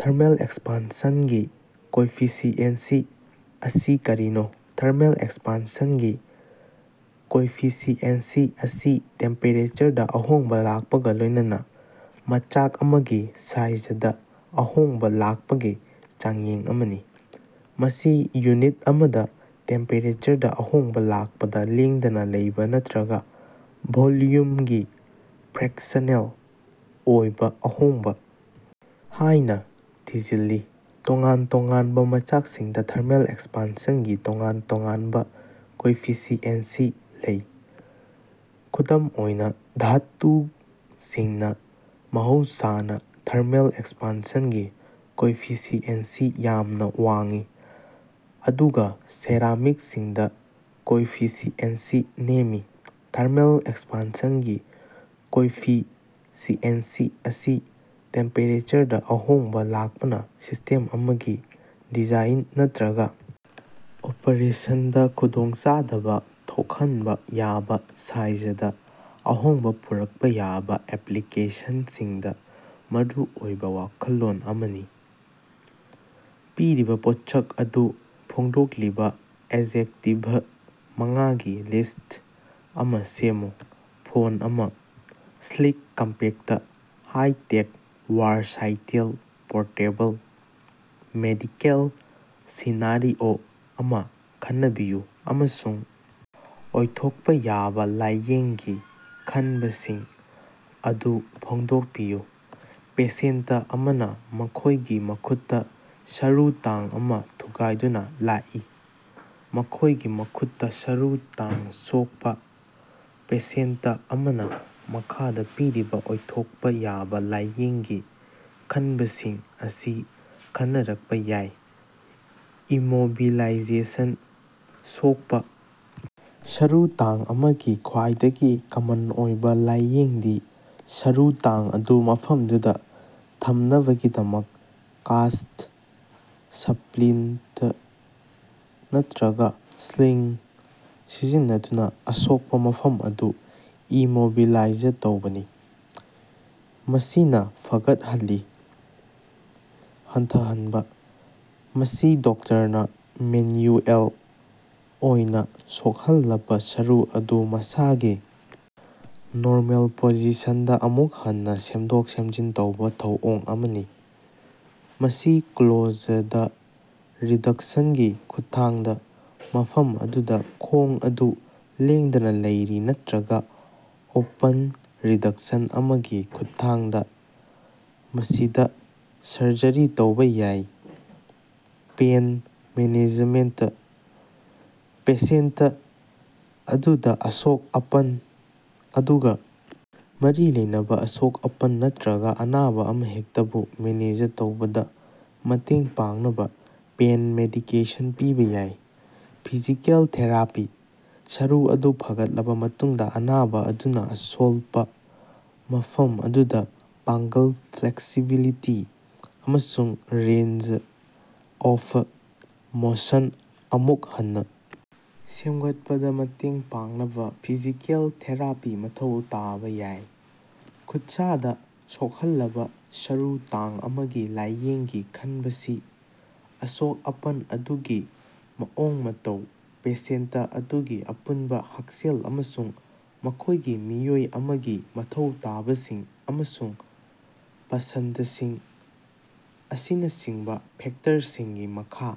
Thermal ꯑꯦꯛꯁꯄꯥꯟꯁꯟꯒꯤ coefficient ꯑꯁꯤ ꯀꯔꯤꯅꯣ? ꯊꯔꯃꯦꯜ ꯑꯦꯛꯁꯄꯥꯟꯁꯟꯒꯤ ꯀꯣꯏꯐꯤꯁꯤꯑꯦꯟꯁꯤ ꯑꯁꯤ ꯇꯦꯝꯄꯦꯔꯦꯆꯔꯗ ꯑꯍꯣꯡꯕ ꯂꯥꯛꯄꯒ ꯂꯣꯏꯅꯅ ꯃꯆꯥꯛ ꯑꯃꯒꯤ ꯁꯥꯏꯖꯗ ꯑꯍꯣꯡꯕ ꯂꯥꯛꯄꯒꯤ ꯆꯥꯡꯌꯦꯡ ꯑꯃꯅꯤ꯫ ꯃꯁꯤ ꯌꯨꯅꯤꯠ ꯑꯃꯗ ꯇꯦꯝꯄꯦꯔꯦꯆꯔꯗ ꯑꯍꯣꯡꯕ ꯂꯥꯛꯄꯗ ꯂꯦꯡꯗꯅ ꯂꯩꯕ ꯅꯠꯇ꯭ꯔꯒ ꯚꯣꯜꯌꯨꯝꯒꯤ ꯐ꯭ꯔꯦꯛꯁꯅꯦꯜ ꯑꯣꯏꯕ ꯑꯍꯣꯡꯕ ꯍꯥꯏꯅ ꯊꯤꯖꯤꯜꯂꯤ꯫ ꯇꯣꯉꯥꯟ-ꯇꯣꯉꯥꯟꯕ ꯃꯆꯥꯛꯁꯤꯡꯗ ꯊꯔꯃꯦꯜ ꯑꯦꯛꯁꯄꯥꯟꯁꯟꯒꯤ ꯇꯣꯉꯥꯟ-ꯇꯣꯉꯥꯟꯕ ꯀꯣꯏꯐꯤꯁꯤꯑꯦꯟꯁꯤ ꯂꯩ꯫ ꯈꯨꯗꯝ ꯑꯣꯏꯅ ꯙꯥꯇꯨꯁꯤꯡꯅ ꯃꯍꯧꯁꯥꯅ ꯊꯔꯃꯦꯜ ꯑꯦꯛꯁꯄꯥꯟꯁꯟꯒꯤ ꯀꯣꯏꯐꯤꯁꯤꯑꯦꯟꯁꯤ ꯌꯥꯝꯅ ꯋꯥꯡꯏ ꯑꯗꯨꯒ ꯁꯦꯔꯥꯃꯤꯛꯁꯤꯡꯗ ꯀꯣꯏꯐꯤꯁꯤꯑꯦꯟꯁꯤ ꯅꯦꯝꯃꯤ꯫ ꯊꯔꯃꯦꯜ ꯑꯦꯛꯁꯄꯥꯟꯁꯟꯒꯤ ꯀꯣꯏꯐꯤꯁꯤꯑꯦꯟꯁꯤ ꯑꯁꯤ ꯇꯦꯝꯄꯦꯔꯦꯆꯔꯗ ꯑꯍꯣꯡꯕ ꯂꯥꯛꯄꯅ ꯁꯤꯁꯇꯦꯝ ꯑꯃꯒꯤ ꯗꯤꯖꯥꯏꯟ ꯅꯠꯇ꯭ꯔꯒ ꯑꯣꯄꯔꯦꯁꯟꯗ ꯈꯨꯗꯣꯡꯆꯥꯗꯕ ꯊꯣꯛꯍꯟꯕ ꯌꯥꯕ ꯁꯥꯏꯖꯗ ꯑꯍꯣꯡꯕ ꯄꯨꯔꯛꯄ ꯌꯥꯕ ꯑꯦꯄ꯭ꯂꯤꯀꯦꯁꯟꯁꯤꯡꯗ ꯃꯔꯨꯑꯣꯏꯕ ꯋꯥꯈꯜꯂꯣꯟ ꯑꯃꯅꯤ꯫ ꯄꯤꯔꯤꯕ ꯄꯣꯠꯁꯛ ꯑꯗꯨ ꯐꯣꯡꯗꯣꯛꯂꯤꯕ ꯑꯦꯖꯦꯛꯇꯤꯚ ꯃꯉꯥꯒꯤ ꯂꯤꯁ꯭ꯠ ꯑꯃ ꯁꯦꯝꯃꯨ꯫ ꯐꯣꯟ ꯑꯃ꯫ Sleek compact high tech versatile portable. Medical scenario ꯑꯃ ꯈꯟꯅꯕꯤꯌꯨ ꯑꯃꯁꯨꯡ ꯑꯣꯏꯊꯣꯛꯄ ꯌꯥꯕ ꯂꯥꯏꯌꯦꯡꯒꯤ ꯈꯟꯕꯁꯤꯡ ꯑꯗꯨ ꯐꯣꯡꯗꯣꯛꯄꯤꯌꯨ꯫ ꯄꯦꯁꯦꯟꯇ ꯑꯃꯅ ꯃꯈꯣꯏꯒꯤ ꯃꯈꯨꯠꯇ ꯁꯔꯨ ꯇꯥꯡ ꯑꯃ ꯊꯨꯒꯥꯏꯗꯨꯅ ꯂꯥꯛꯏ꯫ ꯃꯈꯣꯏꯒꯤ ꯃꯈꯨꯠꯇ ꯁꯔꯨ ꯇꯥꯡ ꯁꯣꯛꯄ ꯄꯦꯁꯦꯟꯇ ꯑꯃꯅ ꯃꯈꯥꯗ ꯄꯤꯔꯤꯕ ꯑꯣꯏꯊꯣꯛꯄ ꯌꯥꯕ ꯂꯥꯏꯌꯦꯡꯒꯤ ꯈꯟꯕꯁꯤꯡ ꯑꯁꯤ ꯈꯟꯅꯔꯛꯄ ꯌꯥꯏ: ꯏꯃꯣꯕꯤꯂꯥꯏꯖꯦꯁꯟ: ꯁꯣꯛꯄ ꯁꯔꯨ ꯇꯥꯡ ꯑꯃꯒꯤ ꯈ꯭ꯋꯥꯏꯗꯒꯤ ꯀꯃꯟ ꯑꯣꯏꯕ ꯂꯥꯏꯌꯦꯡꯗꯤ, ꯁꯔꯨ ꯇꯥꯡ ꯑꯗꯨ ꯃꯐꯝꯗꯨꯗ ꯊꯝꯅꯕꯒꯤꯗꯃꯛ ꯀꯥꯁ꯭ꯠ, ꯁ꯭ꯄꯂꯤꯟꯇ ꯅꯠꯇ꯭ꯔꯒ ꯁ꯭ꯂꯤꯡ ꯁꯤꯖꯤꯟꯅꯗꯨꯅ ꯑꯁꯣꯛꯄ ꯃꯐꯝ ꯑꯗꯨ ꯏꯃꯣꯕꯤꯂꯥꯏꯖ ꯇꯧꯕꯅꯤ꯫ ꯃꯁꯤꯅ ꯐꯒꯠꯍꯜꯂꯤ꯫ ꯍꯟꯊꯍꯟꯕ: ꯃꯁꯤ ꯗꯣꯛꯇꯔꯅ ꯃꯦꯟꯌꯨꯑꯦꯜ ꯑꯣꯏꯅ ꯁꯣꯛꯍꯜꯂꯕ ꯁꯔꯨ ꯑꯗꯨ ꯃꯁꯥꯒꯤ ꯅꯣꯔꯃꯦꯜ ꯄꯣꯖꯤꯁꯟꯗ ꯑꯃꯨꯛ ꯍꯟꯅ ꯁꯦꯝꯗꯣꯛ-ꯁꯦꯝꯖꯤꯟ ꯇꯧꯕ ꯊꯧꯑꯣꯡ ꯑꯃꯅꯤ꯫ ꯃꯁꯤ ꯀ꯭ꯂꯣꯖꯗ ꯔꯤꯗꯛꯁꯟꯒꯤ ꯈꯨꯠꯊꯥꯡꯗ ꯃꯐꯝ ꯑꯗꯨꯗ ꯈꯣꯡ ꯑꯗꯨ ꯂꯦꯡꯗꯅ ꯂꯩꯔꯤ ꯅꯠꯇ꯭ꯔꯒ ꯑꯣꯄꯟ ꯔꯤꯗꯛꯁꯟ ꯑꯃꯒꯤ ꯈꯨꯠꯊꯥꯡꯗ ꯃꯁꯤꯗ ꯁꯔꯖꯔꯤ ꯇꯧꯕ ꯌꯥꯏ꯫ ꯄꯦꯟ ꯃꯦꯅꯦꯖꯃꯦꯟꯇ: ꯄꯦꯁꯦꯟꯇ ꯑꯗꯨꯗ ꯑꯁꯣꯛ-ꯑꯄꯟ ꯑꯗꯨꯒ ꯃꯔꯤ ꯂꯩꯅꯕ ꯑꯁꯣꯛ-ꯑꯄꯟ ꯅꯠꯇ꯭ꯔꯒ ꯑꯅꯥꯕ ꯑꯃꯍꯦꯛꯇꯕꯨ ꯃꯦꯅꯦꯖ ꯇꯧꯕꯗ ꯃꯇꯦꯡ ꯄꯥꯡꯅꯕ ꯄꯦꯟ ꯃꯦꯗꯤꯀꯦꯁꯟ ꯄꯤꯕ ꯌꯥꯏ꯫ ꯐꯤꯖꯤꯀꯦꯜ ꯊꯦꯔꯥꯄꯤ: ꯁꯔꯨ ꯑꯗꯨ ꯐꯒꯠꯂꯕ ꯃꯇꯨꯡꯗ, ꯑꯅꯥꯕ ꯑꯗꯨꯅ ꯑꯁꯣꯜꯄ ꯃꯐꯝ ꯑꯗꯨꯗ ꯄꯥꯡꯒꯜ, ꯐ꯭ꯂꯦꯛꯁꯤꯕꯤꯂꯤꯇꯤ ꯑꯃꯁꯨꯡ ꯔꯦꯟꯖ ꯑꯣꯐ ꯃꯣꯁꯟ ꯑꯃꯨꯛ ꯍꯟꯅ ꯁꯦꯝꯒꯠꯄꯗ ꯃꯇꯦꯡ ꯄꯥꯡꯅꯕ ꯐꯤꯖꯤꯀꯦꯜ ꯊꯦꯔꯥꯄꯤ ꯃꯊꯧ ꯇꯥꯕ ꯌꯥꯏ꯫ ꯈꯨꯠꯁꯥꯗ ꯁꯣꯛꯍꯜꯂꯕ ꯁꯔꯨ ꯇꯥꯡ ꯑꯃꯒꯤ ꯂꯥꯏꯌꯦꯡꯒꯤ ꯈꯟꯕꯁꯤ ꯑꯁꯣꯛ-ꯑꯄꯟ ꯑꯗꯨꯒꯤ ꯃꯑꯣꯡ-ꯃꯇꯧ, ꯄꯦꯁꯦꯟꯇ ꯑꯗꯨꯒꯤ ꯑꯄꯨꯟꯕ ꯍꯛꯁꯦꯜ ꯑꯃꯁꯨꯡ ꯃꯈꯣꯢꯒꯤ ꯃꯤꯑꯣꯏ ꯑꯃꯒꯤ ꯃꯊꯧ ꯇꯥꯕꯁꯤꯡ ꯑꯃꯁꯨꯡ ꯄꯁꯟꯗꯁꯤꯡ ꯑꯁꯤꯅꯆꯤꯡꯕ ꯐꯦꯛꯇꯔꯁꯤꯡꯒꯤ ꯃꯈꯥ